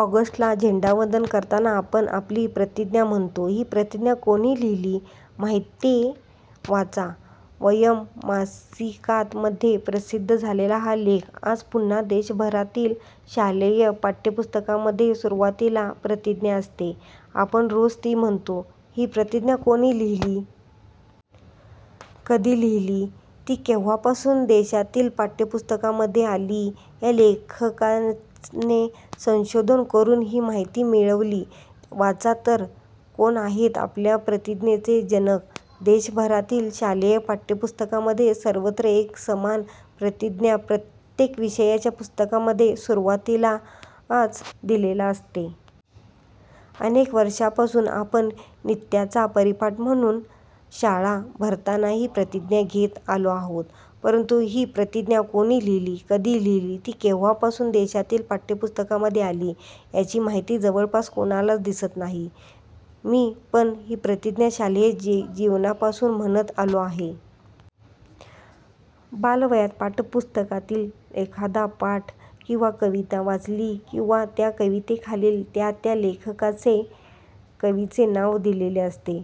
ऑगस्टला झेंडावंदन करताना आपण आपली प्रतिज्ञा म्हणतो. ही प्रतिज्ञा कोणी लिहिली, माहितीये? वाचा, वयम् मासिकात मध्ये प्रसिद्ध झालेला हा लेख, आज पुन्हा! देशभरातील शालेय पाठ्यपुस्तकांमध्ये सुरुवातीलाच ''''प्रतिज्ञा' असते. आपण रोज ती म्हणतो. ही प्रतिज्ञा कोणी लिहिली? कधी लिहिली? ती केव्हापासून देशातील पाठ्यपुस्तकांमध्ये आली? या लेखकाने संशोधन करून ही माहिती मिळवली. वाचा तर, कोण आहेत आपल्या प्रतिज्ञेचे जनक! देशभरातील शालेय पाठ्यपुस्तकांमध्ये सर्वत्र एक समान प्रतिज्ञा प्रत्येक विषयाच्या पुस्तकामध्ये सुरुवातीलाच दिलेली असते. अनेक वर्षांपासून आपण नित्याचा परिपाठ म्हणून शाळा भरताना ही प्रतिज्ञा घेत आलो आहोत. परंतु ही प्रतिज्ञा कोणी लिहिली? कधी लिहिली? ती केव्हापासून देशातील पाठ्यपुस्तकांमध्ये आली? याची माहिती जवळपास कुणालाच दिसत नाही. मी पण ही प्रतिज्ञा शालेय जीवनापासून म्हणत आलो आहे. बालवयात पाठ्यपुस्तकातील एखादा पाठ किंवा कविता वाचली किंवा त्या कवितेखाली त्या त्या लेखकाचे, कवीचे नाव दिलेले असते.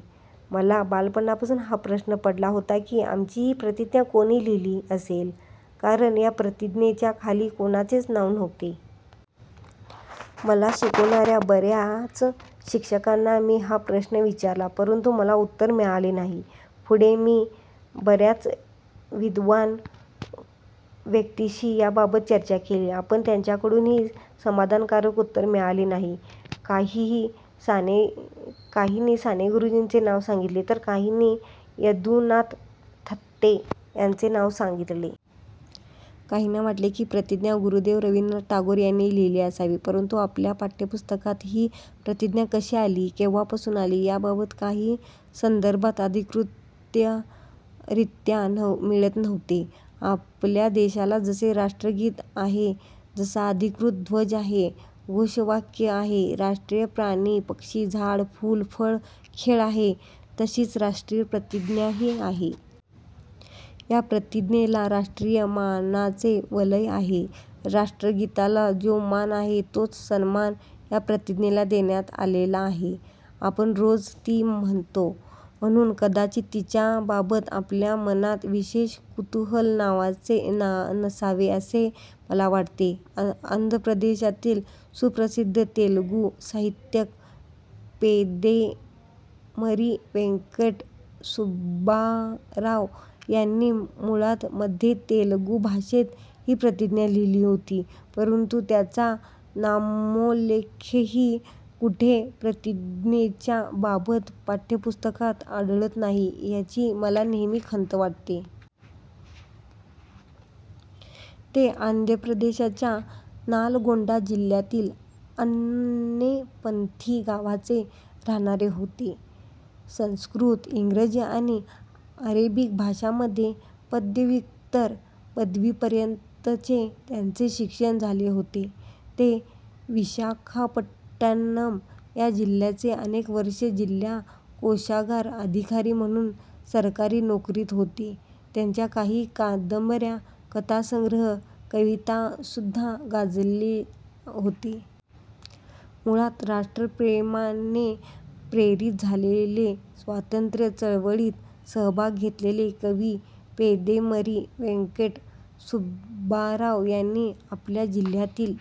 मला बालपणापासून हा प्रश्न पडला होता की, आमची ही प्रतिज्ञा कोणी लिहिली असेल? कारण या प्रतिज्ञेच्या खाली कोणाचेच नाव नव्हते. मला शिकवणाऱ्या बऱ्या च शिक्षकांना मी हा प्रश्न विचारला, परंतु मला उत्तर मिळाले नाही. पुढे मी बऱ्याच विद्वान व्यक्तींशी याबाबत चर्चा केली, पण त्यांच्याकडूनही समाधानकारक उत्तर मिळाले नाही. काहींनी साने गुरुजींचे नाव सांगितले, तर काहींनी यदुनाथ थत्ते यांचे नाव सांगितले. काहींना वाटले, ही प्रतिज्ञा गुरुदेव रवींद्रनाथ टागोर यांनी लिहिली असावी. परंतु आपल्या पाठ्यपुस्तकात ही प्रतिज्ञा कशी आली? केव्हापासून आली? याबाबत काही संदर्भ अधिकृतरित्या मिळत नव्हते. आपल्या देशाला जसे राष्ट्रगीत आहे, जसा अधिकृत ध्वज आहे, घोषवाक्य आहे, राष्ट्रीय प्राणी, पक्षी, झाड, फूल, फळ, खेळ आहे तशीच राष्ट्रीय प्रतिज्ञाही आहे. या प्रतिज्ञेला राष्ट्रीय मानाचे वलय आहे. राष्ट्रगीताला जो मान आहे तोच सन्मान या प्रतिज्ञेला देण्यात आलेला आहे. आपण रोजच ती म्हणतो, म्हणून कदाचित तिच्याबाबत आपल्या मनात विशेष कुतूहल नसावे असे मला वाटते. आंध्रप्रदेशातील सुप्रसिद्ध तेलगू साहित्यिक पेदेमरी व्यंकट सुब्बाराव यांनी मुळात मध्ये तेलगू भाषेत ही प्रतिज्ञा लिहिली होती, परंतु त्यांचा नामोल्लेखही कुठे प्रतिज्ञेच्याबाबत पाठ्यपुस्तकात आढळत नाही, याची मला नेहमी खंत वाटते. ते आंध्रप्रदेशच्या नालगोंडा जिल्ह्यातील अन्नेपथीं गावचे राहणारे होते. संस्कृत, इंग्रजी आणि अरेबिक भाषांमध्ये पदव्युत्तर पदवीपर्यंतचे त्यांचे शिक्षण झाले होते. ते विशाखापट्टणम् या जिल्ह्याचे अनेक वर्षं ''''जिल्हा कोषागार अधिकारी' म्हणून सरकारी नोकरीत होते. त्यांच्या काही कादंबऱ्या, कथासंग्रह, कवितासुद्धा गाजले होते. मुळात राष्ट्रप्रेमाने प्रेरित झालेले, स्वातंत्र्य चळवळीत सहभाग घेतलेले कवी पेदेमरी व्यंकट सुब्बाराव यांनी आपल्या जिल्ह्यातील